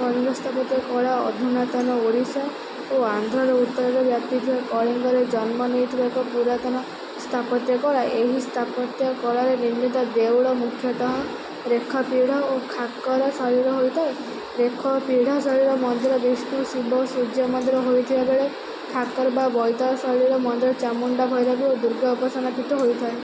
କଳିଙ୍ଗ ସ୍ଥାପତ୍ୟ କଳା ଅଧୁନାତନ ଓଡ଼ିଶା ଓ ଆନ୍ଧ୍ରର ଉତ୍ତରରେ ବ୍ୟାପିଥିବା କଳିଙ୍ଗରେ ଜନ୍ମ ନେଇଥିବା ଏକ ପୁରାତନ ସ୍ଥାପତ୍ୟ କଳା। ଏହି ସ୍ଥାପତ୍ୟ କଳାରେ ନିର୍ମିତ ଦେଉଳ ମୁଖ୍ୟତଃ ରେଖ ପୀଢ଼ ଓ ଖାକରା ଶୈଳୀର ହୋଇଥାଏ। ରେଖ ଓ ପୀଢ଼ ଶୈଳୀର ମନ୍ଦିର ବିଷ୍ଣୁ ଶିବ ଓ ସୂର୍ଯ୍ୟ ମନ୍ଦିର ହୋଇଥିବା ବେଳେ ଖାକରା ବା ବଇତାଳ ଶୈଳୀର ମନ୍ଦିର ଚାମୁଣ୍ଡା ଭୈରବୀ ଓ ଦୁର୍ଗା ଉପାସନା ପୀଠ ହୋଇଥାଏ।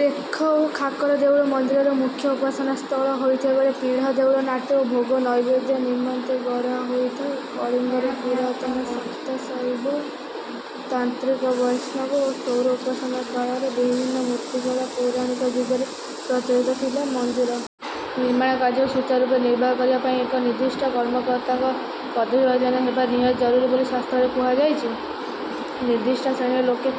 ରେଖ ଓ ଖାକରା ଦେଉଳ ମନ୍ଦିରର ମୁଖ୍ୟ ଉପାସନା ସ୍ଥଳ ହୋଇଥିବା ବେଳେ ପୀଢ଼ ଦେଉଳ ନାଟ୍ୟ ଓ ଭୋଗ ନୈବେଦ୍ୟ ନିମନ୍ତେ ଗଢ଼ାହୋଇଥାଏ। କଳିଙ୍ଗରେ ପୁରାତନ ଶାକ୍ତ ଶୈବ ତାନ୍ତ୍ରିକ ବୈଷ୍ଣବ ଓ ସୌର ଉପାସନା କାଳରେ ବିଭିନ୍ନ ମୂର୍ତ୍ତିକଳା ପୌରାଣିକ ଯୁଗରେ ପ୍ରଚଳିତ ଥିଲା। ମନ୍ଦିର ନିର୍ମାଣ କାର୍ଯ୍ୟକୁ ସୁଚାରୁ ରୂପେ ନିର୍ବାହ କରିବା ପାଇଁ ଏକ ନିର୍ଦ୍ଦିଷ୍ଟ କର୍ମକର୍ତ୍ତାଙ୍କ ପଦବିଭାଜନ ହେବା ନିହାତି ଜରୁରୀ ବୋଲି ଶାସ୍ତ୍ରରେ କୁହାଯାଇଛି। ନିର୍ଦ୍ଦିଷ୍ଟ ଶ୍ରେଣୀର ଲୋକେ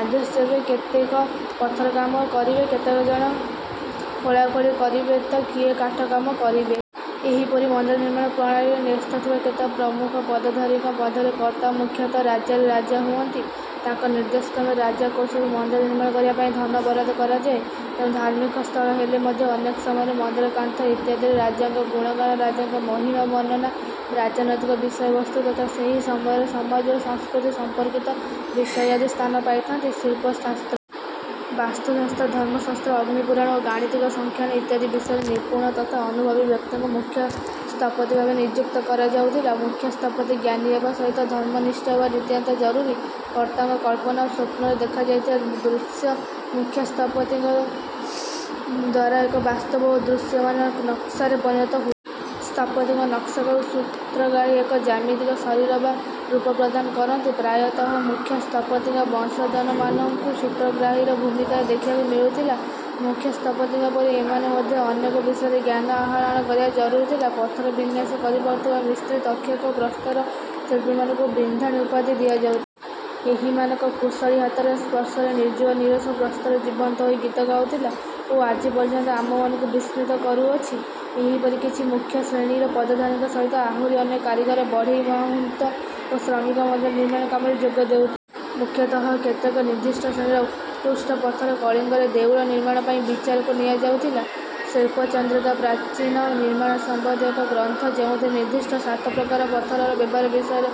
ଆଦେଶ ଦେବେ କେତେକ ପଥର କାମ କରିବେ କେତେ ଜଣ ଖୋଳାଖୋଳି କରିବେ ତ କିଏ କାଠ କାମ କରିବେ। ଏହିପରି ମନ୍ଦିର ନିର୍ମାଣ ପ୍ରଣାଳୀରେ ନ୍ୟସ୍ତ ଥିବା କେତେକ ପ୍ରମୁଖ ପଦାଧିକାରୀଙ୍କ ମଧ୍ୟରେ କର୍ତ୍ତା ମୁଖ୍ୟତଃ ରାଜ୍ୟର ରାଜା ହୁଅନ୍ତି। ତାଙ୍କ ନିର୍ଦ୍ଦେଶକ୍ରମେ ରାଜକୋଷରୁ ମନ୍ଦିର ନିର୍ମାଣ କରିବା ପାଇଁ ଧନ ବରାଦ କରାଯାଏ। ତେଣୁ ଧାର୍ମିକ ସ୍ଥଳ ହେଲେ ମଧ୍ୟ ଅନେକ ସମୟରେ ମନ୍ଦିର କାନ୍ଥ ଇତ୍ୟାଦିରେ ରାଜାଙ୍କ ଗୁଣଗାନ ରାଜାଙ୍କ ମହିମା ବର୍ଣ୍ଣନା ରାଜନୈତିକ ବିଷୟବସ୍ତୁ ତଥା ସେହି ସମୟର ସମାଜ ଓ ସଂସ୍କୃତି ସମ୍ପର୍କିତ ବିଷୟାଦି ସ୍ଥାନ ପାଇଥାନ୍ତି। ଶିଳ୍ପଶାସ୍ତ୍ର ବାସ୍ତୁଶାସ୍ତ୍ର ଧର୍ମଶାସ୍ତ୍ର ଅଗ୍ନି ପୁରାଣ ଓ ଗାଣିତିକ ସଂଖ୍ୟାନ ଇତ୍ୟାଦି ବିଷୟରେ ନିପୁଣ ତଥା ଅନୁଭବୀ ବ୍ୟକ୍ତିଙ୍କୁ ମୁଖ୍ୟ ସ୍ଥପତି ଭାବେ ନିଯୁକ୍ତ କରାଯାଉଥିଲା। ମୁଖ୍ୟ ସ୍ଥପତି ଜ୍ଞାନୀ ହେବା ସହିତ ଧର୍ମନିଷ୍ଠ ହେବା ନିତାନ୍ତ ଜରୁରୀ। କର୍ତ୍ତାଙ୍କ କଳ୍ପନା ଓ ସ୍ୱପ୍ନରେ ଦେଖାଯାଇଥିବା ଦୃଶ୍ୟ ମୁଖ୍ୟ ସ୍ଥପତିଙ୍କ ଦ୍ୱାରା ଏକ ବାସ୍ତବ ଓ ଦୃଶ୍ୟମାନ ନକ୍ସାରେ ପରିଣତ ହୁଏ। ସ୍ଥପତିଙ୍କ ନକ୍ସାକୁ ସୂତ୍ରଗ୍ରାହୀ ଏକ ଜ୍ୟାମିତିକ ଶରୀର ବା ରୂପ ପ୍ରଦାନ କରନ୍ତି। ପ୍ରାୟତଃ ମୁଖ୍ୟ ସ୍ଥପତିଙ୍କ ବଂଶଜମାନଙ୍କୁ ସୂତ୍ରଗ୍ରାହୀର ଭୂମିକାରେ ଦେଖିବାକୁ ମିଳୁଥିଲା। ମୁଖ୍ୟ ସ୍ଥପତିଙ୍କ ପରି ଏମାନେ ମଧ୍ୟ ଅନେକ ବିଷୟରେ ଜ୍ଞାନ ଆହରଣ କରିବା ଜରୁରୀ ଥିଲା। ପଥରର ବିନ୍ୟାସ କରିପାରୁଥିବା ମିସ୍ତ୍ରୀ ତକ୍ଷକ ଓ ପ୍ରସ୍ତର ଶିଳ୍ପୀମାନଙ୍କୁ ବିନ୍ଧାଣୀ ଉପାଧି ଦିଆଯାଉ। ଏହିମାନଙ୍କ କୁଶଳୀ ହାତର ସ୍ପର୍ଶରେ ନିର୍ଜୀବ ନୀରସ ପ୍ରସ୍ତର ଜୀବନ୍ତ ହୋଇ ଗୀତ ଗାଉଥିଲା ଓ ଆଜି ପର୍ଯ୍ୟନ୍ତ ଆମମାନଙ୍କୁ ବିସ୍ମିତ କରୁଅଛି। ଏପରି କିଛି ମୁଖ୍ୟ ଶ୍ରେଣୀର ପଦାଧିକାରୀଙ୍କ ସହିତ ଆହୁରି ଅନେକ କାରିଗର ବଢ଼େଇ ମାହୁନ୍ତ ଓ ଶ୍ରମିକ ମନ୍ଦିର ନିର୍ମାଣ କାମରେ ଯୋଗ ଦେଉ। ମୁଖ୍ୟତଃ କେତେକ ନିର୍ଦ୍ଦିଷ୍ଟ ଶ୍ରେଣୀର ଉତ୍କୃଷ୍ଟ ପଥର କଳିଙ୍ଗର ଦେଉଳ ନିର୍ମାଣ ପାଇଁ ବିଚାରକୁ ନିଆଯାଉଥିଲା। ଶିଳ୍ପ ଚନ୍ଦ୍ରିକା ପ୍ରାଚୀନ ନିର୍ମାଣ ସମ୍ବନ୍ଧୀୟ ଏକ ଗ୍ରନ୍ଥ ଯେଉଁଥିରେ ନିର୍ଦ୍ଦିଷ୍ଟ ସାତ ପ୍ରକାରର ପଥରର ବ୍ୟବହାର ବିଷୟରେ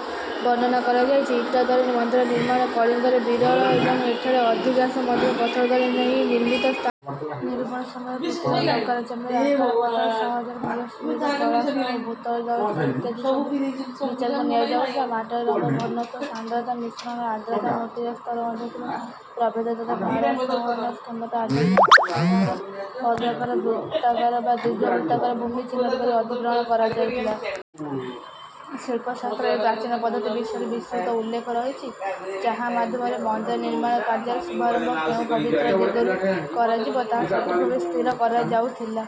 ବର୍ଣ୍ଣନା କରାଯାଇଛି। ଇଟା ଦ୍ୱାରା ମନ୍ଦିର ନିର୍ମାଣ କଳିଙ୍ଗରେ ବିରଳ ଏବଂ ଏଠାରେ ଅଧିକାଂଶ ମନ୍ଦିର ପଥର ଦ୍ୱାରା ହିଁ ନିର୍ମିତ। ସ୍ଥା ନିରୂପଣ ସମୟରେ ମୃତ୍ତିକାର ପ୍ରକାର ଜମିର ଆକାର ପଥର ସହଜରେ ମିଳିବା ସୁବିଧା ଜଳାଶୟ ଓ ଭୂତଳ ଜଳସ୍ତର ଇତ୍ୟାଦି ସବୁ ବିଚାରକୁ ନିଆଯାଉଥିଲା। ମାଟିର ରଙ୍ଗ ଘନତ୍ୱ ସାନ୍ଦ୍ରତା ମିଶ୍ରଣ ଆର୍ଦ୍ରତା ମୃତ୍ତିକା ସ୍ତର ମଧ୍ୟରେ ଥିବା ପ୍ରଭେଦ ତଥା ଭାରସହନ କ୍ଷମତା ଆଧାରରେ ଆୟତାକାର ବର୍ଗାକାର ବୃତ୍ତାକାର ବା ଦୀର୍ଘବୃତ୍ତାକାର ଭୂମି ଚିହ୍ନଟ କରି ଅଧିଗ୍ରହଣ କରାଯାଉଥିଲା। ଶିଳ୍ପଶାସ୍ତ୍ରରେ ଏହି ପ୍ରାଚୀନ ପଦ୍ଧତି ବିଷୟରେ ବିସ୍ତୃତ ଉଲ୍ଲେଖ ରହିଛି ଯାହା ମାଧ୍ୟମରେ ମନ୍ଦିର ନିର୍ମାଣ କାର୍ଯ୍ୟର ଶୁଭାରମ୍ଭ କେଉଁ ପବିତ୍ର ଦିଗରୁ କରାଯିବ ତାହା ସଠିକ୍ ଭାବେ ସ୍ଥିର କରାଯାଉଥିଲା।